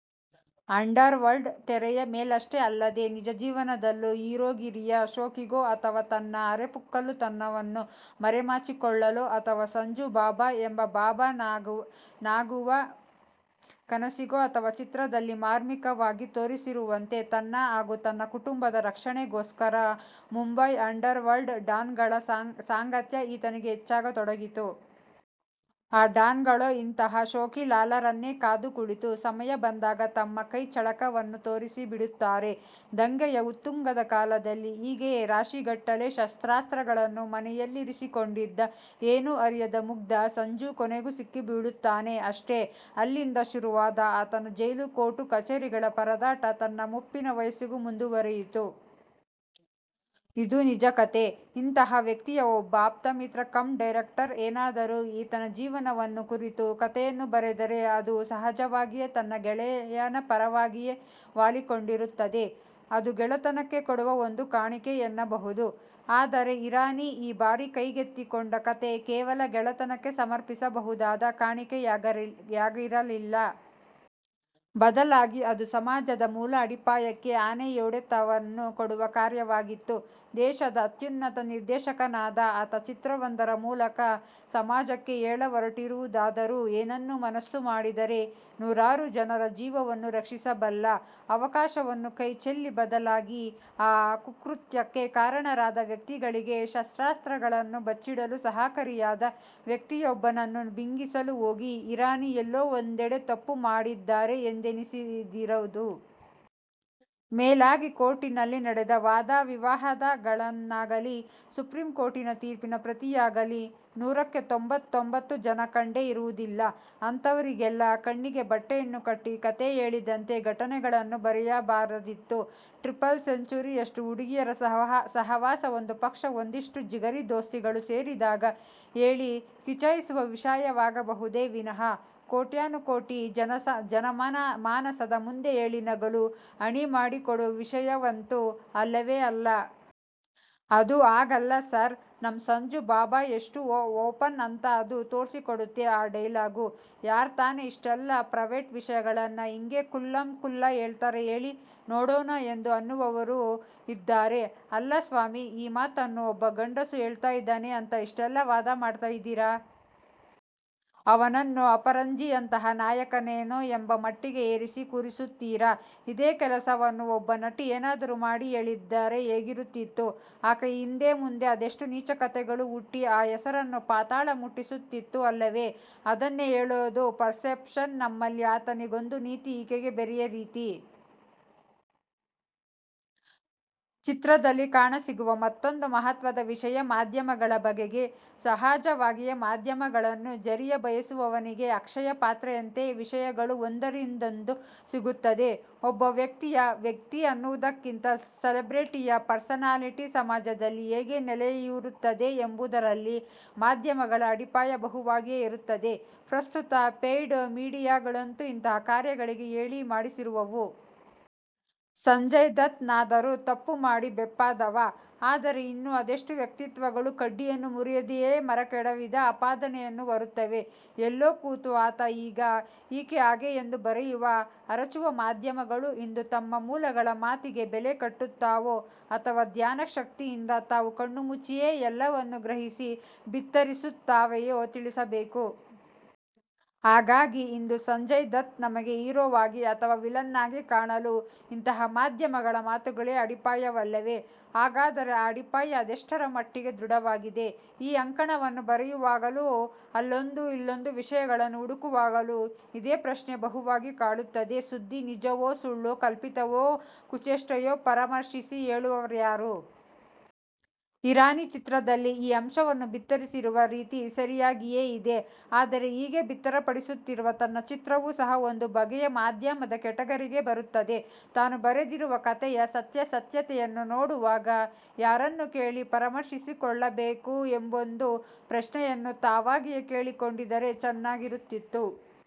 Under world ತೆರೆಯ ಮೇಲಷ್ಟೇ ಅಲ್ಲದೆ ನಿಜಜೀವನದಲ್ಲೂ ಹೀರೋಗಿರಿಯ ಶೋಕಿಗೋ ಅಥವ ತನ್ನ ಅರೆಪುಕ್ಕಲುತನವನ್ನು ಮರೆಮಾಚಿಕೊಳ್ಳಲೋ ಅಥವಾ 'ಸಂಜು ಬಾಬಾ' ಎಂಬ ಬಾಬಾನಾಗುವ ಕನಸಿಗೋ ಅಥವಾ ಚಿತ್ರದಲ್ಲಿ 'ಮಾರ್ಮಿಕ'ವಾಗಿ ತೋರಿಸಿರುವಂತೆ ತನ್ನ ಹಾಗು ತನ್ನ ಕುಟುಂಬದ ರಕ್ಷಣೆಗೋಸ್ಕರ ಮುಂಬೈ ಅಂಡರ್ ವರ್ಲ್ಡ್ ಡಾನ್ಗಳ ಸಾಂಗತ್ಯ ಈತನಿಗೆ ಹೆಚ್ಚಾಗತೊಡಗಿತು. ಆ ಡಾನ್ ಗಳೋ ಇಂತಹ ಶೋಕಿಲಾಲರನ್ನೇ ಕಾದು ಕುಳಿತು ಸಮಯ ಬಂದಾಗ ತಮ್ಮ ಕೈಚಳಕವನ್ನು ತೋರಿಸಿಬಿಡುತ್ತಾರೆ. ದಂಗೆಯ ಉತ್ತುಂಗದ ಕಾಲದಲ್ಲಿ ಹೀಗೆ ರಾಶಿಗಟ್ಟಲೆ ಶಸ್ತ್ರಾಸ್ತ್ರಗಳನ್ನು ಮನೆಯಲ್ಲಿರಿಸಿಕೊಂಡಿದ್ದ 'ಏನೂ ಅರಿಯದ ಮುಗ್ದ' ಸಂಜು ಕೊನೆಗೂ ಸಿಕ್ಕಿಬೀಳುತ್ತಾನೆ ಅಷ್ಟೇ. ಅಲ್ಲಿಂದ ಶುರುವಾದ ಆತನ ಜೈಲು, ಕೋರ್ಟು ಕಚೇರಿಗಳ ಪರದಾಟ ತನ್ನ ಮುಪ್ಪಿನ ವಯಸ್ಸಿಗೂ ಮುಂದುವರೆಯಿತು. ಇದು ನಿಜಕಥೆ. ಇಂತಹ ವ್ಯಕ್ತಿಯ ಒಬ್ಬ ಆಪ್ತಮಿತ್ರ ಕಮ್ ಡೈರೆಕ್ಟರ್ ಏನಾದರೂ ಈತನ ಜೀವನವನ್ನು ಕುರಿತು ಕತೆಯನ್ನು ಬರೆದರೆ ಅದು ಸಹಜವಾಗಿಯೇ ತನ್ನ ಗೆಳೆಯನ ಪರವಾಗಿಯೇ ವಾಲಿಕೊಂಡಿರುತ್ತದೆ. ಅದು ಗೆಳೆತನಕ್ಕೆ ಕೊಡುವ ಒಂದು ಕಾಣಿಕೆ ಎನ್ನಬಹುದು. ಆದರೆ ಹಿರಾನಿ ಈ ಬಾರಿ ಕೈಗೆತ್ತಿಕೊಂಡ ಕಥೆ ಕೇವಲ ಗೆಳೆತನಕ್ಕೆ ಸಮರ್ಪಿಸಬಹುದಾದ ಕಾಣಿಕೆಯಾಗಿರಲಿಲ್ಲ. ಬದಲಾಗಿ ಅದು ಸಮಾಜದ ಮೂಲ ಅಡಿಪಾಯಕ್ಕೆ ಆನೆಯೊಡೆತವನ್ನು ಕೊಡುವ ಕಾರ್ಯವಾಗಿತ್ತು. ದೇಶದ ಅತ್ಯುನ್ನತ ನಿರ್ದೇಶಕನಾದ ಆತ ಚಿತ್ರವೊಂದರ ಮೂಲಕ ಸಮಾಜಕ್ಕೆ ಹೇಳಹೊರಟಿರುವುದಾದರೂ ಏನನ್ನು ಮನಸ್ಸು ಮಾಡಿದ್ದರೆ ನೂರಾರು ಜನರ ಜೀವವನ್ನು ರಕ್ಷಿಸಬಲ್ಲ ಅವಕಾಶವನ್ನು ಕೈಚೆಲ್ಲಿ ಬದಲಾಗಿ ಆ ಕುಕೃತ್ಯಕ್ಕೆ ಕಾರಣರಾದ ವ್ಯಕ್ತಿಗಳಿಗೇ ಶಸ್ತ್ರಾಸ್ತಗಳನ್ನು ಬಚ್ಚಿಡಲು ಸಹಕಾರಿಯಾದ ವ್ಯಕ್ತಿಯೊಬ್ಬನನ್ನು ಬಿಂಬಿಸಲು ಹೋಗಿ ಹಿರಾನಿ ಎಲ್ಲೋ ಒಂದೆಡೆ ತಪ್ಪು ಮಾಡಿದ್ದಾರೆ ಎಂದೆನಿಸದಿರದು. ಮೇಲಾಗಿ ಕೋರ್ಟಿನಲ್ಲಿ ನಡೆದ ವಾದವಿವಾದಗಳನ್ನಾಗಲಿ, ಸುಪ್ರೀಂ ಕೋರ್ಟಿನ ತೀರ್ಪಿನ ಪ್ರತಿಯಾಗಲಿ ನೂರಕ್ಕೆ ತೊಂಬತ್ತೊಂಬತ್ತು ಜನ ಕಂಡೇ ಇರುವುದಿಲ್ಲ. ಅಂತವರಿಗೆಲ್ಲ ಕಣ್ಣಿಗೆ ಬಟ್ಟೆಯನ್ನು ಕಟ್ಟಿ ಕತೆ ಹೇಳಿದಂತೆ ಘಟನೆಗಳನ್ನು ಬರೆಯಬಾರದಿತ್ತು. ಟ್ರಿಪಲ್ ಸೆಂಚೂರಿ ಯಷ್ಟು ಹುಡುಗಿಯರ ಸಹವಾಸ ಒಂದುಪಕ್ಷ ಒಂದಿಷ್ಟು ಜಿಗರಿ ದೋಸ್ತಿಗಳು ಸೇರಿದಾಗ ಹೇಳಿ ಕಿಚಾಯಿಸುವ ವಿಷಯವಾಗಬಹುದೇ ವಿನಃ ಕೋಟ್ಯಾನುಕೋಟಿ ಜನಮಾನಸದ ಮುಂದೆ ಹೇಳಿ ನಗಲು ಅಣಿಮಾಡಿಕೊಡುವ ವಿಷಯವಂತು ಅಲ್ಲವೇ ಅಲ್ಲ. 'ಅದು ಹಾಗಲ್ಲ ಸಾರ್, ನಮ್ ಸಂಜು ಬಾಬಾ ಎಷ್ಟು ಓಪನ್ ಅಂತ ಅದು ತೋರ್ಸಿ ಕೊಡುತ್ತೆ ಆ ಡೈಲಾಗು. ಯಾರ್ ತಾನೇ ಇಷ್ಟೆಲ್ಲಾ ಪ್ರೈವೇಟ್ ವಿಷಯಗಳನ್ನ ಹಿಂಗೇ ಖುಲ್ಲಂ ಖುಲ್ಲಾ ಹೇಳ್ತಾರೆ ಹೇಳಿ ನೋಡಣ ' ಎಂದು ಅನ್ನುವವರೂ ಇದ್ದಾರೆ. ಅಲ್ಲಾ ಸ್ವಾಮಿ ಈ ಮಾತನ್ನು ಒಬ್ಬ ಗಂಡಸು ಹೇಳ್ತಾ ಇದ್ದಾನೆ ಅಂತ ಇಷ್ಟೆಲ್ಲಾ ವಾದಮಾಡ್ತಾ ಇದ್ದೀರಾ. ಅವನನ್ನು ಅಪರಂಜಿಯಂತಹ ನಾಯಕನೇನೋ ಎಂಬ ಮಟ್ಟಿಗೆ ಏರಿಸಿ ಕೂರಿಸುತ್ತೀರಾ. ಇದೆ ಕೆಲಸವನ್ನು ಒಬ್ಬ ನಟಿ ಏನಾದರು ಮಾಡಿ ಹೇಳಿದ್ದರೆ ಹೇಗಿರುತ್ತಿತ್ತು? ಆಕೆಯ ಹಿಂದೆ ಮುಂದೆ ಅದೆಷ್ಟು ನೀಚ ಕತೆಗಳು ಹುಟ್ಟಿ ಆ ಹೆಸರನ್ನು ಪಾತಾಳ ಮುಟ್ಟಿಸುತ್ತಿತ್ತು ಅಲ್ಲವೇ? ಅದನ್ನೇ ಹೇಳೋದು ಪರ್ಸೆಪ್ಷನ್ ನಮ್ಮಲ್ಲಿ ಆತನಿಗೊಂದು ನೀತಿ ಈಕೆಗೆ ಬೇರೆಯೇ ರೀತಿ. ಚಿತ್ರದಲ್ಲಿ ಕಾಣಸಿಗುವ ಮತ್ತೊಂದು ಮಹತ್ವದ ವಿಷಯ ಮಾಧ್ಯಮಗಳ ಬಗೆಗೆ. ಸಹಜವಾಗಿಯೇ ಮಾಧ್ಯಮಗಳನ್ನು ಜರಿಯ ಬಯಸುವವನಿಗೆ ಅಕ್ಷಯ ಪಾತ್ರೆಯಂತೆ ವಿಷಯಗಳು ಒಂದರಿಂದೊಂದು ಸಿಗುತ್ತವೆ. ಒಬ್ಬ ವ್ಯಕ್ತಿಯ, ವ್ಯಕ್ತಿ ಅನ್ನುವುದಕ್ಕಿಂತ ಸೆಲೆಬ್ರಿಟಿಯ, ಪರ್ಸನಾಲಿಟಿ ಸಮಾಜದಲ್ಲಿ ಹೇಗೆ ನೆಲೆಯೂರುತ್ತದೆ ಎಂಬುದರಲ್ಲಿ ಮಾಧ್ಯಮಗಳ ಅಡಿಪಾಯ ಬಹುವಾಗಿಯೇ ಇರುತ್ತದೆ. ಪ್ರಸ್ತುತ ಪೇಯ್ಡ್ ಮೀಡಿಯಾಗಳಂತೂ ಇಂತಹ ಕಾರ್ಯಗಳಿಗೆ ಹೇಳಿ ಮಾಡಿಸಿರುವವು. ಸಂಜಯ್ ದತ್ ನಾದರೂ ತಪ್ಪು ಮಾಡಿ ಬೆಪ್ಪಾದವ, ಆದರೆ ಇನ್ನೂ ಅದೆಷ್ಟೋ ವ್ಯಕ್ತಿತ್ವಗಳು ಕಡ್ಡಿಯನ್ನು ಮುರಿಯದೆಯೇ ಮರಕೆಡವಿದ ಅಪಾದನೆಯನ್ನು ಹೊರುತ್ತವೆ. ಎಲ್ಲೋ ಕೂತು ಆತ ಹೀಗೆ, ಈಕೆ ಹಾಗೆ ಎಂದು ಬರೆಯುವ, ಅರಚುವ ಮಾಧ್ಯಮಗಳು ಇಂದು ತಮ್ಮ ಮೂಲಗಳ ಮಾತಿಗೆ ಬೆಲೆ ಕಟ್ಟುತ್ತಾವೋ ಅಥವಾ ಧ್ಯಾನಶಕ್ತಿಯಿಂದ ತಾವು ಕಣ್ಣುಮುಚ್ಚಿಯೇ ಎಲ್ಲವನ್ನು ಗ್ರಹಿಸಿ ಬಿತ್ತರಿಸುತ್ತಾವೆಯೋ ತಿಳಿಸಬೇಕು. ಹಾಗಾಗಿ ಇಂದು ಸಂಜಯ್ ದತ್ ನಮಗೆ ಹೀರೋವಾಗಿ ಅಥವಾ ವಿಲನ್ನಾಗಿ ಕಾಣಲು ಇಂತಹ ಮಾಧ್ಯಮಗಳ ಮಾತುಗಳೇ ಅಡಿಪಾಯವಲ್ಲವೆ? ಹಾಗಾದರೆ ಆ ಅಡಿಪಾಯ ಅದೆಷ್ಟರ ಮಟ್ಟಿಗೆ ದೃಢವಾಗಿದೆ? ಈ ಅಂಕಣವನ್ನು ಬರೆಯುವಾಗಲೂ, ಅಲ್ಲೊಂದು ಇಲ್ಲೊಂದು ವಿಷಯಗಳನ್ನು ಹುಡುಕುವಾಗಲೂ ಇದೇ ಪ್ರಶ್ನೆ ಬಹುವಾಗಿ ಕಾಡುತ್ತದೆ ಸುದ್ದಿ ನಿಜವೋ, ಸುಳ್ಳೋ, ಕಲ್ಪಿತವೋ, ಕುಚೇಷ್ಠೆಯೋ ಪರಾಮರ್ಶಿಸಿ ಹೇಳುವವರ್ಯಾರು? ಹಿರಾನಿ ಚಿತ್ರದಲ್ಲಿ ಈ ಅಂಶವನ್ನು ಬಿತ್ತರಿಸಿರುವ ರೀತಿ ಸರಿಯಾಗಿಯೇ ಇದೆ. ಆದರೆ ಹೀಗೆ ಬಿತ್ತರಪಡಿಸುತ್ತಿರುವ ತನ್ನ ಚಿತ್ರವೂ ಸಹ ಒಂದು ಬಗೆಯ ಮಾಧ್ಯಮದ ಕೆಟಗರಿಗೆ ಬರುತ್ತದೆ, ತಾನು ಬರೆದಿರುವ ಕತೆಯ ಸತ್ಯಾಸತ್ಯತೆಯನ್ನು ನೋಡುವಾಗ ಯಾರಲ್ಲಿ ಕೇಳಿ ಪರಾಮರ್ಶಿಸಿಕೊಳ್ಳಬೇಕು ಎಂಬೊಂದು ಪ್ರಶ್ನೆಯನ್ನೂ ತಾವಾಗಿಯೇ ಕೇಳಿಕೊಂಡಿದ್ದರೆ ಚೆನ್ನಾಗಿರುತ್ತಿತ್ತು.